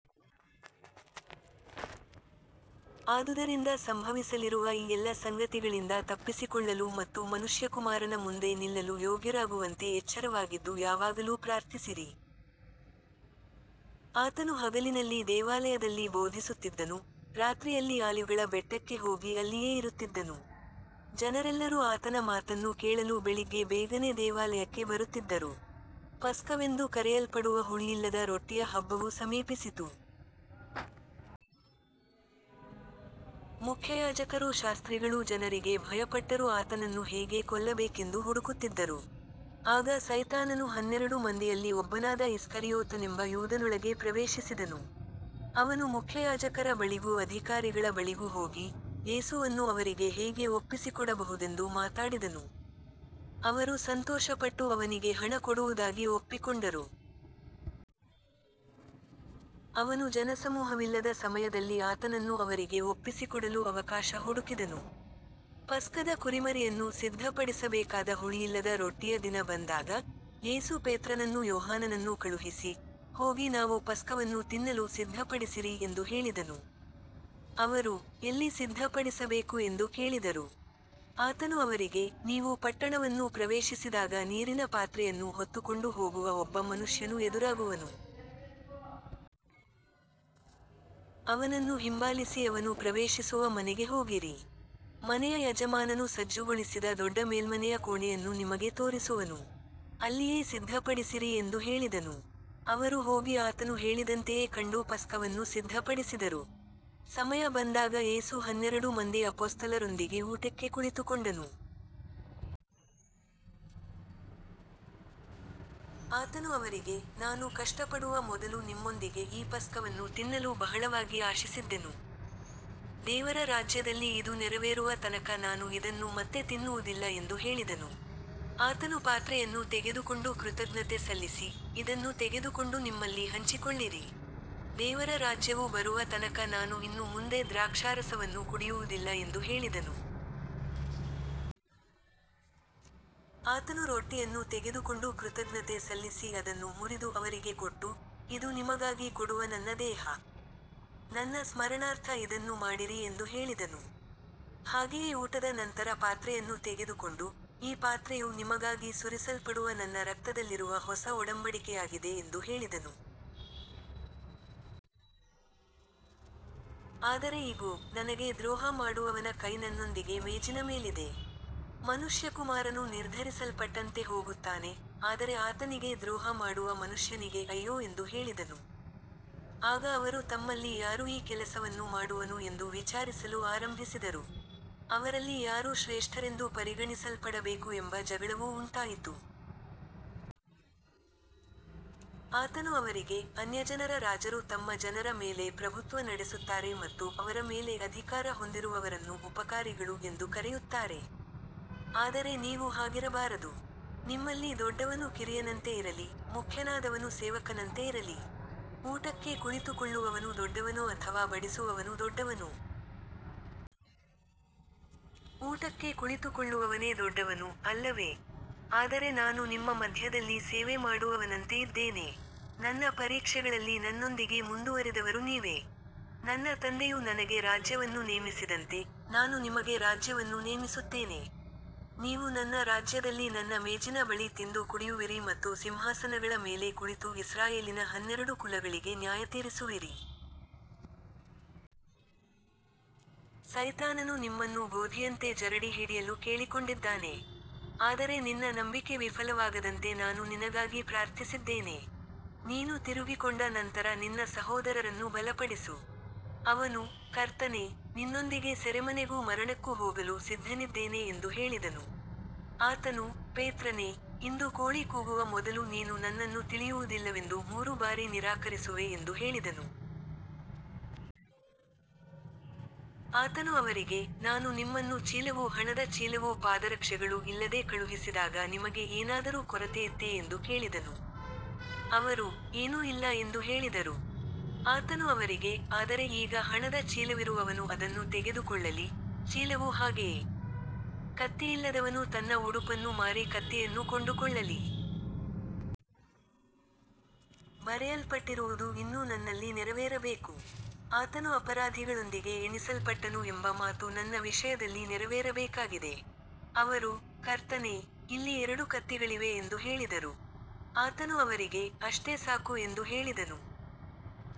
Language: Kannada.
ಆದುದರಿಂದ ಸಂಭವಿಸಲಿರುವ ಈ ಎಲ್ಲ ಸಂಗತಿಗಳಿಂದ ತಪ್ಪಿಸಿಕೊಳ್ಳಲು ಮತ್ತು ಮನುಷ್ಯಕುಮಾರನ ಮುಂದೆ ನಿಲ್ಲಲು ಯೋಗ್ಯರಾಗುವಂತೆ ಎಚ್ಚರವಾಗಿದ್ದು ಯಾವಾಗಲೂ ಪ್ರಾರ್ಥಿಸಿರಿ. ಆತನು ಹಗಲಿನಲ್ಲಿ ದೇವಾಲಯದಲ್ಲಿ ಬೋಧಿಸುತ್ತಿದ್ದನು, ರಾತ್ರಿಯಲ್ಲಿ ಆಲಿವ್‌ಗಳ ಬೆಟ್ಟಕ್ಕೆ ಹೋಗಿ ಅಲ್ಲಿಯೇ ಇರುತ್ತಿದ್ದನು. ಜನರೆಲ್ಲರೂ ಆತನ ಮಾತನ್ನು ಕೇಳಲು ಬೆಳಿಗ್ಗೆ ಬೇಗನೆ ದೇವಾಲಯಕ್ಕೆ ಬರುತ್ತಿದ್ದರು. ಪಸ್ಕವೆಂದು ಕರೆಯಲ್ಪಡುವ ಹುಳಿಯಿಲ್ಲದ ರೊಟ್ಟಿಯ ಹಬ್ಬವು ಸಮೀಪಿಸಿತು. ಮುಖ್ಯಯಾಜಕರೂ ಶಾಸ್ತ್ರಿಗಳೂ ಜನರಿಗೆ ಭಯಪಟ್ಟರೂ ಆತನನ್ನು ಹೇಗೆ ಕೊಲ್ಲಬೇಕೆಂದು ಹುಡುಕುತ್ತಿದ್ದರು. ಆಗ ಸೈತಾನನು ಹನ್ನೆರಡು ಮಂದಿಯಲ್ಲಿ ಒಬ್ಬನಾದ ಇಸ್ಕರಿಯೋತನೆಂಬ ಯೂದನೊಳಗೆ ಪ್ರವೇಶಿಸಿದನು. ಅವನು ಮುಖ್ಯಯಾಜಕರ ಬಳಿಗೂ ಅಧಿಕಾರಿಗಳ ಬಳಿಗೂ ಹೋಗಿ, ಯೇಸುವನ್ನು ಅವರಿಗೆ ಹೇಗೆ ಒಪ್ಪಿಸಿಕೊಡಬಹುದೆಂದು ಮಾತಾಡಿದನು. ಅವರು ಸಂತೋಷಪಟ್ಟು ಅವನಿಗೆ ಹಣ ಕೊಡುವುದಾಗಿ ಒಪ್ಪಿಕೊಂಡರು. ಅವನು ಜನಸಮೂಹವಿಲ್ಲದ ಸಮಯದಲ್ಲಿ ಆತನನ್ನು ಅವರಿಗೆ ಒಪ್ಪಿಸಿಕೊಡಲು ಅವಕಾಶ ಹುಡುಕಿದನು. ಪಸ್ಕದ ಕುರಿಮರಿಯನ್ನು ಸಿದ್ಧಪಡಿಸಬೇಕಾದ ಹುಳಿಯಿಲ್ಲದ ರೊಟ್ಟಿಯ ದಿನ ಬಂದಾಗ, ಯೇಸು ಪೇತ್ರನನ್ನೂ ಯೋಹಾನನನ್ನೂ ಕಳುಹಿಸಿ, ಹೋಗಿ ನಾವು ಪಸ್ಕವನ್ನು ತಿನ್ನಲು ಸಿದ್ಧಪಡಿಸಿರಿ ಎಂದು ಹೇಳಿದನು. ಅವರು, ಎಲ್ಲಿ ಸಿದ್ಧಪಡಿಸಬೇಕು ಎಂದು ಕೇಳಿದರು. ಆತನು ಅವರಿಗೆ, ನೀವು ಪಟ್ಟಣವನ್ನು ಪ್ರವೇಶಿಸಿದಾಗ ನೀರಿನ ಪಾತ್ರೆಯನ್ನು ಹೊತ್ತುಕೊಂಡು ಹೋಗುವ ಒಬ್ಬ ಮನುಷ್ಯನು ಎದುರಾಗುವನು. ಅವನನ್ನು ಹಿಂಬಾಲಿಸಿ ಅವನು ಪ್ರವೇಶಿಸುವ ಮನೆಗೆ ಹೋಗಿರಿ. ಮನೆಯ ಯಜಮಾನನು ಸಜ್ಜುಗೊಳಿಸಿದ ದೊಡ್ಡ ಮೇಲ್ಮನೆಯ ಕೋಣೆಯನ್ನು ನಿಮಗೆ ತೋರಿಸುವನು. ಅಲ್ಲಿಯೇ ಸಿದ್ಧಪಡಿಸಿರಿ ಎಂದು ಹೇಳಿದನು. ಅವರು ಹೋಗಿ ಆತನು ಹೇಳಿದಂತೆಯೇ ಕಂಡು ಪಸ್ಕವನ್ನು ಸಿದ್ಧಪಡಿಸಿದರು. ಸಮಯ ಬಂದಾಗ ಯೇಸು ಹನ್ನೆರಡು ಮಂದಿ ಅಪೊಸ್ತಲರೊಂದಿಗೆ ಊಟಕ್ಕೆ ಕುಳಿತುಕೊಂಡನು. ಆತನು ಅವರಿಗೆ, ನಾನು ಕಷ್ಟಪಡುವ ಮೊದಲು ನಿಮ್ಮೊಂದಿಗೆ ಈ ಪಸ್ಕವನ್ನು ತಿನ್ನಲು ಬಹಳವಾಗಿ ಆಶಿಸಿದ್ದೆನು. ದೇವರ ರಾಜ್ಯದಲ್ಲಿ ಇದು ನೆರವೇರುವ ತನಕ ನಾನು ಇದನ್ನು ಮತ್ತೆ ತಿನ್ನುವುದಿಲ್ಲ ಎಂದು ಹೇಳಿದನು. ಆತನು ಪಾತ್ರೆಯನ್ನು ತೆಗೆದುಕೊಂಡು ಕೃತಜ್ಞತೆ ಸಲ್ಲಿಸಿ, ಇದನ್ನು ತೆಗೆದುಕೊಂಡು ನಿಮ್ಮಲ್ಲಿ ಹಂಚಿಕೊಳ್ಳಿರಿ. ದೇವರ ರಾಜ್ಯವು ಬರುವ ತನಕ ನಾನು ಇನ್ನು ಮುಂದೆ ದ್ರಾಕ್ಷಾರಸವನ್ನು ಕುಡಿಯುವುದಿಲ್ಲ ಎಂದು ಹೇಳಿದನು. ಆತನು ರೊಟ್ಟಿಯನ್ನು ತೆಗೆದುಕೊಂಡು ಕೃತಜ್ಞತೆ ಸಲ್ಲಿಸಿ ಅದನ್ನು ಮುರಿದು ಅವರಿಗೆ ಕೊಟ್ಟು, ಇದು ನಿಮಗಾಗಿ ಕೊಡುವ ನನ್ನ ದೇಹ. ನನ್ನ ಸ್ಮರಣಾರ್ಥ ಇದನ್ನು ಮಾಡಿರಿ ಎಂದು ಹೇಳಿದನು. ಹಾಗೆಯೇ ಊಟದ ನಂತರ ಪಾತ್ರೆಯನ್ನು ತೆಗೆದುಕೊಂಡು, ಈ ಪಾತ್ರೆಯು ನಿಮಗಾಗಿ ಸುರಿಸಲ್ಪಡುವ ನನ್ನ ರಕ್ತದಲ್ಲಿರುವ ಹೊಸ ಒಡಂಬಡಿಕೆಯಾಗಿದೆ ಎಂದು ಹೇಳಿದನು. ಆದರೆ ಇಗೋ, ನನಗೆ ದ್ರೋಹ ಮಾಡುವವನ ಕೈ ನನ್ನೊಂದಿಗೆ ಮೇಜಿನ ಮೇಲಿದೆ. ಮನುಷ್ಯಕುಮಾರನು ನಿರ್ಧರಿಸಲ್ಪಟ್ಟಂತೆ ಹೋಗುತ್ತಾನೆ, ಆದರೆ ಆತನಿಗೆ ದ್ರೋಹ ಮಾಡುವ ಮನುಷ್ಯನಿಗೆ ಅಯ್ಯೋ ಎಂದು ಹೇಳಿದನು. ಆಗ ಅವರು ತಮ್ಮಲ್ಲಿ ಯಾರು ಈ ಕೆಲಸವನ್ನು ಮಾಡುವನು ಎಂದು ವಿಚಾರಿಸಲು ಆರಂಭಿಸಿದರು. ಅವರಲ್ಲಿ ಯಾರು ಶ್ರೇಷ್ಠರೆಂದು ಪರಿಗಣಿಸಲ್ಪಡಬೇಕು ಎಂಬ ಜಗಳವೂ ಉಂಟಾಯಿತು. ಆತನು ಅವರಿಗೆ, ಅನ್ಯಜನರ ರಾಜರು ತಮ್ಮ ಜನರ ಮೇಲೆ ಪ್ರಭುತ್ವ ನಡೆಸುತ್ತಾರೆ ಮತ್ತು ಅವರ ಮೇಲೆ ಅಧಿಕಾರ ಹೊಂದಿರುವವರನ್ನು ಉಪಕಾರಿಗಳು ಎಂದು ಕರೆಯುತ್ತಾರೆ. ಆದರೆ ನೀವು ಹಾಗಿರಬಾರದು. ನಿಮ್ಮಲ್ಲಿ ದೊಡ್ಡವನು ಕಿರಿಯನಂತೆ ಇರಲಿ, ಮುಖ್ಯನಾದವನು ಸೇವಕನಂತೆ ಇರಲಿ. ಊಟಕ್ಕೆ ಕುಳಿತುಕೊಳ್ಳುವವನು ದೊಡ್ಡವನೋ ಅಥವಾ ಬಡಿಸುವವನು ದೊಡ್ಡವನೋ. ಊಟಕ್ಕೆ ಕುಳಿತುಕೊಳ್ಳುವವನೇ ದೊಡ್ಡವನು, ಅಲ್ಲವೇ. ಆದರೆ ನಾನು ನಿಮ್ಮ ಮಧ್ಯದಲ್ಲಿ ಸೇವೆ ಮಾಡುವವನಂತೆ ಇದ್ದೇನೆ. ನನ್ನ ಪರೀಕ್ಷೆಗಳಲ್ಲಿ ನನ್ನೊಂದಿಗೆ ಮುಂದುವರಿದವರು ನೀವೇ. ನನ್ನ ತಂದೆಯು ನನಗೆ ರಾಜ್ಯವನ್ನು ನೇಮಿಸಿದಂತೆ, ನಾನು ನಿಮಗೆ ರಾಜ್ಯವನ್ನು ನೇಮಿಸುತ್ತೇನೆ. ನೀವು ನನ್ನ ರಾಜ್ಯದಲ್ಲಿ ನನ್ನ ಮೇಜಿನ ಬಳಿ ತಿಂದು ಕುಡಿಯುವಿರಿ ಮತ್ತು ಸಿಂಹಾಸನಗಳ ಮೇಲೆ ಕುಳಿತು ಇಸ್ರಾಯೇಲಿನ ಹನ್ನೆರಡು ಕುಲಗಳಿಗೆ ನ್ಯಾಯತೀರಿಸುವಿರಿ. ಸೈತಾನನು ನಿಮ್ಮನ್ನು ಗೋಧಿಯಂತೆ ಜರಡಿ ಹಿಡಿಯಲು ಕೇಳಿಕೊಂಡಿದ್ದಾನೆ. ಆದರೆ ನಿನ್ನ ನಂಬಿಕೆ ವಿಫಲವಾಗದಂತೆ ನಾನು ನಿನಗಾಗಿ ಪ್ರಾರ್ಥಿಸಿದ್ದೇನೆ. ನೀನು ತಿರುಗಿಕೊಂಡ ನಂತರ ನಿನ್ನ ಸಹೋದರರನ್ನು ಬಲಪಡಿಸು. ಅವನು, ಕರ್ತನೇ, ನಿನ್ನೊಂದಿಗೆ ಸೆರೆಮನೆಗೂ ಮರಣಕ್ಕೂ ಹೋಗಲು ಸಿದ್ಧನಿದ್ದೇನೆ ಎಂದು ಹೇಳಿದನು. ಆತನು, ಪೇತ್ರನೇ, ಇಂದು ಕೋಳಿ ಕೂಗುವ ಮೊದಲು ನೀನು ನನ್ನನ್ನು ತಿಳಿಯುವುದಿಲ್ಲವೆಂದು ಮೂರು ಬಾರಿ ನಿರಾಕರಿಸುವೆ ಎಂದು ಹೇಳಿದನು. ಆತನು ಅವರಿಗೆ, ನಾನು ನಿಮ್ಮನ್ನು ಚೀಲವೂ ಹಣದ ಚೀಲವೂ ಪಾದರಕ್ಷೆಗಳೂ ಇಲ್ಲದೆ ಕಳುಹಿಸಿದಾಗ ನಿಮಗೆ ಏನಾದರೂ ಕೊರತೆಯಿತ್ತೇ ಎಂದು ಕೇಳಿದನು. ಅವರು, ಏನೂ ಇಲ್ಲ ಎಂದು ಹೇಳಿದರು. ಆತನು ಅವರಿಗೆ, ಆದರೆ ಈಗ ಹಣದ ಚೀಲವಿರುವವನು ಅದನ್ನು ತೆಗೆದುಕೊಳ್ಳಲಿ, ಚೀಲವೂ ಹಾಗೆಯೇ. ಕತ್ತಿಯಿಲ್ಲದವನು ತನ್ನ ಉಡುಪನ್ನು ಮಾರಿ ಕತ್ತಿಯನ್ನು ಕೊಂಡುಕೊಳ್ಳಲಿ. ಬರೆಯಲ್ಪಟ್ಟಿರುವುದು ಇನ್ನೂ ನನ್ನಲ್ಲಿ ನೆರವೇರಬೇಕು. ಆತನು ಅಪರಾಧಿಗಳೊಂದಿಗೆ ಎಣಿಸಲ್ಪಟ್ಟನು ಎಂಬ ಮಾತು ನನ್ನ ವಿಷಯದಲ್ಲಿ ನೆರವೇರಬೇಕಾಗಿದೆ. ಅವರು, ಕರ್ತನೇ, ಇಲ್ಲಿ ಎರಡು ಕತ್ತಿಗಳಿವೆ ಎಂದು ಹೇಳಿದರು. ಆತನು ಅವರಿಗೆ, ಅಷ್ಟೇ ಸಾಕು ಎಂದು ಹೇಳಿದನು.